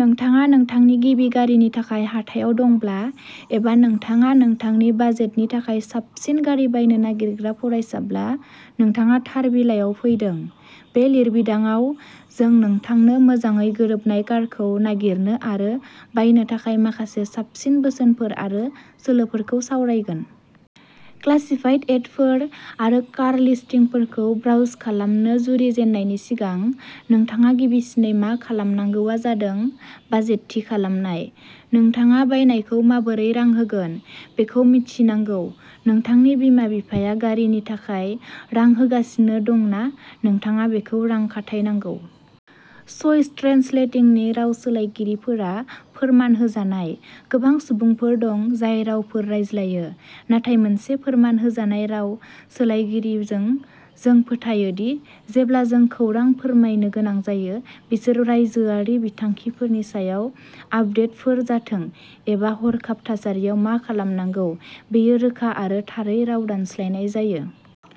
नोंथाङा नोंथांनि गिबि गारिनि थाखाय हाथायाव दंब्ला एबा नोंथाङा नोंथांनि बाजेटनि थाखाय साबसिन गारि बायनो नागिरग्रा फरायसाब्ला, नोंथाङा थार बिलाइयाव फैदों। बे लिरबिदांआव, जों नोंथांनो मोजाङै गोरोबनाय कारखौ नागिरनो आरो बायनो थाखाय माखासे साबसिन बोसोनफोर आरो सोलोफोरखौ सावरायगोन। क्लासिफाइड एडफोर आरो कार लिस्टिंफोरखौ ब्राउज खालामनो जुरिजेननायनि सिगां नोंथाङा गिबिसिनै मा खालामनांगौआ जादों बाजेट थि खालामनाय। नोंथाङा बायनायखौ माबोरै रां होगोन बेखौ मिथिनांगौ-नोंथांनि बिमा-बिफाया गारिनि थाखाय रां होगासिनो दं ना नोंथाङा बेखौ रां खाथायनांगौ। च'इस ट्रेन्सलेटिंनि राव सोलायगिरिफोरा फोरमान होजानाय। गोबां सुबुंफोर दं जाय रावफोर रायज्लायो, नाथाय मोनसे फोरमान होजानाय राव सोलायगिरिजों, जों फोथायो दि जेब्ला जों खौरां फोरमायनो गोनां जायो, बिसोर रायजोआरि बिथांखिफोरनि सायाव आपडेटफोर जाथों एबा हरखाब थासारियाव मा खालामनांगौ, बेयो रोखा आरो थारै राव दानस्लायनाय जायो।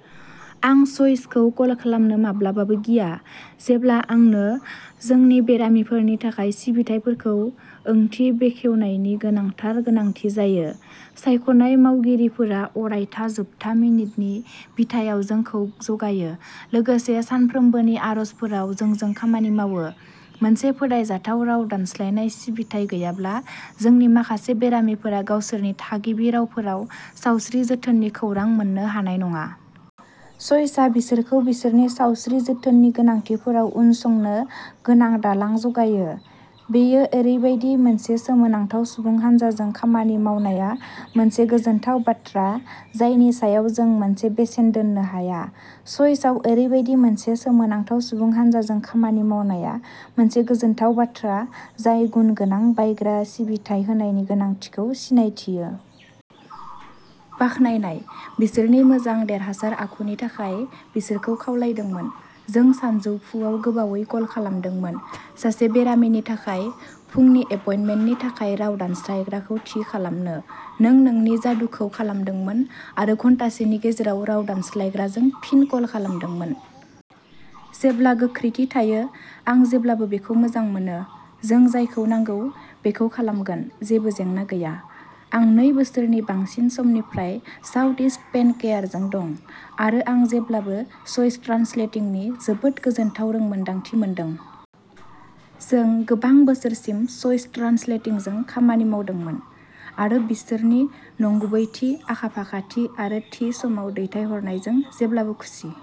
"" आं च'इसखौ कल खालामनो माब्लाबाबो गिया जेब्ला आंनो जोंनि बेरामिफोरनि थाखाय सिबिथायफोरखौ ओंथि बेखेवनायनि गोनांथार गोनांथि जायो। सायख'नाय मावगिरिफोरा अरायथा जोबथा मिनिटनि बिथायाव जोंखौ जगायो, लोगोसे सानफ्रोमबोनि आर'जफोराव जोंजों खामानि मावो। मोनसे फोथायजाथाव राव दानस्लायनाय सिबिथाइ गैयाब्ला, जोंनि माखासे बेरामिफोरा गावसोरनि थागिबि रावफोराव सावस्रि जोथोननि खौरां मोननो हानाय नङा। च'इसआ बिसोरखौ बिसोरनि सावस्रि जोथोननि गोनांथिफोराव उनसंनो गोनां दालां जगायो। बेयो ओरैबायदि मोनसे सोमोनांथाव सुबुं हानजाजों खामानि मावनाया मोनसे गोजोनथाव बाथ्रा जायनि सायाव जों मोनसे बेसेन दोन्नो हाया। च'इसआव ओरैबायदि मोनसे सोमोनांथाव सुबुं हानजाजों खामानि मावनाया मोनसे गोजोनथाव बाथ्रा जाय गुनगोनां बायग्रा सिबिथाइ होनायनि गोनांथिखौ सिनायथियो। बाखनायनाय। बिसोरनि मोजां, देरहासार आखुनि थाखाय बिसोरखौ खावलायदोंमोन। "जों सानजौफुआव गोबावै कल खालामदोंमोन सासे बेरामिनि थाखाय फुंनि एपइन्टमेन्टनि थाखाय राव दानस्लायग्राखौ थि खालामनो। नों नोंनि जादुखौ खालामदोंमोन आरो घन्टासेनि गेजेराव राव दानस्लायग्राजों फिन कल खालामदोंमोन। जेब्ला गोख्रैथि थायो, आं जेब्लाबो बेखौ मोजां मोनो, जों जायखौ नांगौ बेखौ खालामगोन-जेबो जेंना गैया। आं नै बोसोरनि बांसिन समनिफ्राय साउथइस्ट पेन केयारजों दं, आरो आं जेब्लाबो च'इस ट्रान्सलेटिंनि जोबोद गोजोनथाव रोंमोनदांथि मोनदों। " "जों गोबां बोसोरसिम च'इस ट्रान्सलेटिंजों खामानि मावदोंमोन आरो बिसोरनि नंगुबैथि, आखा-फाखाथि आरो थि समाव दैथायहरनायजों जेब्लाबो खुसि।